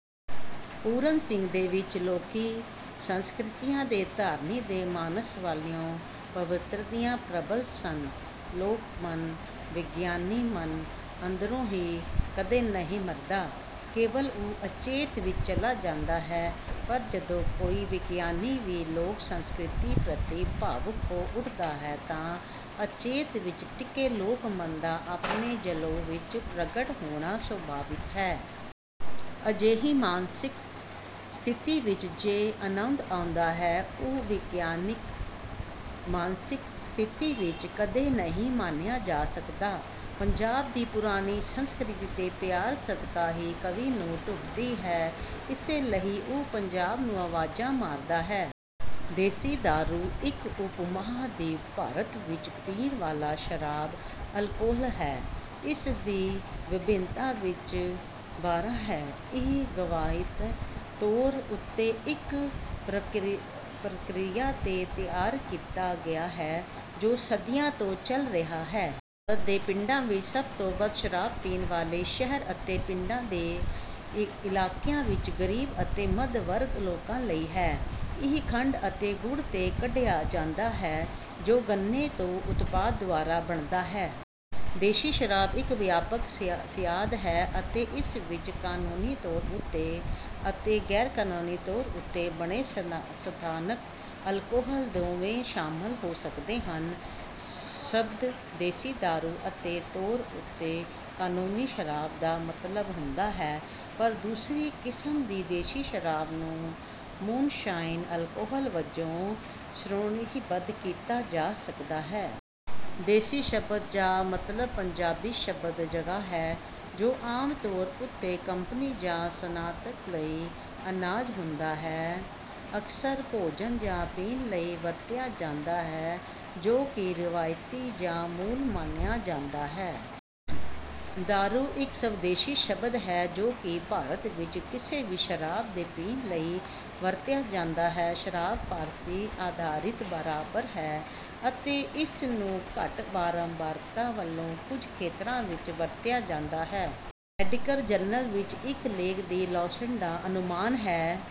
ਪੂਰਨ ਸਿੰਘ ਦੇ ਵਿੱਚ ਲੋਕੀ ਸੰਸਕ੍ਰਿਤੀਆਂ ਦੇ ਧਾਰਨੀ ਦੇ ਮਾਨਸ ਵਾਲੀਆਂ ਪਵਿਤਰਤੀਆਂ ਪ੍ਰਬਲ ਸਨ। ਲੋਕਮਨ ਵਿਗਿਆਨੀ ਮਨ ਅੰਦਰੋਂ ਵੀ ਕਦੇ ਨਹੀਂ ਮਰਦਾ। ਕੇਵਲ ਉਹ ਅਚੇਤ ਵਿੱਚ ਚਲਾ ਜਾਂਦਾ ਹੈ। ਪਰ ਜਦੋਂ ਕੋਈ ਵਿਗਿਆਨੀ ਵੀ ਲੋਕ ਸੰਸਕ੍ਰਿਤੀ ਪ੍ਰਤੀ ਭਾਵੁਕ ਹੋ ਉਠਦਾ ਹੈ ਤਾਂ ਅਚੇਤ ਵਿੱਚ ਟਿਕੇ ਲੋਕਮਨ ਦਾ ਆਪਣੇ ਜਲੌਅ ਵਿੱਚ ਪ੍ਰਗਟ ਹੋਣਾ ਸੁਭਾਵਿਕ ਹੈ। ਅਜਿਹੀ ਮਾਨਸਿਕ ਸਥਿਤੀ ਵਿੱਚ ਜੋ ਆਨੰਦ ਆਉਂਦਾ ਹੈ। ਉਹ ਵਿਗਿਆਨਕ ਮਾਨਸਿਕ ਸਥਿਤੀ ਵਿੱਚ ਕਦੇ ਨਹੀਂ ਮਾਣਿਆ ਜਾ ਸਕਦਾ। ਪੰਜਾਬ ਦੀ ਪੁਰਾਣੀ ਸੰਸਕ੍ਰਿਤੀ ਦੇ ਪਿਆਰ ਸਦਕਾ ਹੀ ਕਵੀ ਨੂੰ ਟੁੰਬਦੀ ਹੈ। ਇਸੇ ਲਈ ਉਹ ਪੰਜਾਬ ਨੂੰ ਆਵਾਜ਼ਾਂ ਮਾਰਦਾ ਹੈ। ਦੇਸੀ ਦਾਰੂ ਇੱਕ ਉਪ ਮਹਾਂਦੀਪ ਭਾਰਤ ਵਿੱਚ ਪੀਣ ਵਾਲਾ ਸ਼ਰਾਬ ਅਲਕੋਹਲ ਹੈ, ਇਸਦੀ ਵਿਭਿੰਨਤਾ ਵਿੱਚ ਥਾਰਾ ਹੈ। ਇਹ ਰਵਾਇਤੀ ਤੌਰ ਉੱਤੇ ਇੱਕ ਪ੍ਰਕਿਰਿਆ ਤੋਂ ਤਿਆਰ ਕੀਤਾ ਗਿਆ ਹੈ ਜੋ ਸਦੀਆਂ ਤੋਂ ਚਲ ਰਿਹਾ ਹੈ। ਅ ਦੇ ਪਿੰਡਾਂ ਵਿੱਚ ਸਭ ਤੋਂ ਵੱਧ ਸ਼ਰਾਬ ਪੀਣ ਵਾਲੇ ਸ਼ਹਿਰ ਅਤੇ ਪਿੰਡਾਂ ਦੇ ਇਲਾਕਿਆਂ ਵਿੱਚ ਗਰੀਬ ਅਤੇ ਮੱਧ ਵਰਗ ਲੋਕਾਂ ਲਈ ਹੈ। ਇਹ ਖੰਡ ਅਤੇ ਗੁੜ ਤੇ ਕੱਢਿਆ ਜਾਂਦਾ ਹੈ ਜੋ ਗੰਨੇ ਦੇ ਉਤਪਾਦ ਦੁਆਰਾ ਬਣਦਾ ਹੈ। ਦੇਸੀ ਸ਼ਰਾਬ ਇੱਕ ਵਿਆਪਕ ਮਿਆਦ ਹੈ ਅਤੇ ਇਸ ਵਿੱਚ ਕਾਨੂੰਨੀ ਤੌਰ ਉੱਤੇ ਅਤੇ ਗੈਰਕਾਨੂੰਨੀ ਤੌਰ ਉੱਤੇ ਬਣੇ ਸਥਾਨਕ ਅਲਕੋਹਲ ਦੋਵੇਂ ਸ਼ਾਮਲ ਹੋ ਸਕਦੇ ਹਨ। ਸ਼ਬਦ ਦੇਸੀ ਦਾਰੂ ਅਤੇ ਤੌਰ ਉੱਤੇ ਕਾਨੂੰਨੀ ਸ਼ਰਾਬ ਦਾ ਮਤਲਬ ਹੁੰਦਾ ਹੈ ਪਰ ਦੂਸਰੀ ਕਿਸਮ ਦੀ ਦੇਸੀ ਸ਼ਰਾਬ ਨੂੰ ਮੂਨਸ਼ਾਈਨ ਅਲਕੋਹਲ ਵਜੋਂ ਸੋ਼ਣੀਬੱਧ ਕੀਤਾ ਜਾ ਸਕਦਾ ਹੈ। ਦੇਸੀ ਸ਼ਬਦ ਜਾ ਮਤਲਬ ਪੰਜਾਬੀ ਸ਼ਬਦ ਜਗ੍ਹਾ ਹੈ, ਜੋ ਆਮ ਤੌਰ ਉੱਤੇ ਕੰਪਨੀ ਜਾਂ ਸਨਾਤਕ ਲਈ ਅਨਾਜ ਹੁੰਦਾ ਹੈ। ਅਕਸਰ ਭੋਜਨ ਜਾਂ ਪੀਣ ਲਈ ਵਰਤਿਆ ਜਾਂਦਾ ਹੈ ਜੋ ਕਿ ਰਵਾਇਤੀ ਜਾਂ ਮੂਲ ਮੰਨਿਆ ਜਾਂਦਾ ਹੈ। ਦਾਰੂ ਇੱਕ ਸਵਦੇਸ਼ੀ ਸ਼ਬਦ ਹੈ ਜੋ ਕਿ ਭਾਰਤ ਵਿੱਚ ਕਿਸੇ ਵੀ ਸ਼ਰਾਬ ਦੇ ਪੀਣ ਲਈ ਵਰਤਿਆ ਜਾਂਦਾ ਹੈ। ਸ਼ਰਾਬ ਫ਼ਾਰਸੀ ਆਧਾਰਿਤ ਬਰਾਬਰ ਹੈ ਅਤੇ ਇਸ ਨੂੰ ਘੱਟ ਬਾਰੰਬਾਰਤਾ ਵਾਲੋਂ ਕੁਝ ਖੇਤਰਾਂ ਵਿੱਚ ਵਰਤਿਆ ਜਾਂਦਾ ਹੈ। ਮੈਡੀਕਲ ਜਰਨਲ ਵਿੱਚ ਇੱਕ ਲੇਖ ਦਿ ਲਾਂਸੈਟ ਦਾ ਅਨੁਮਾਨ ਹੈ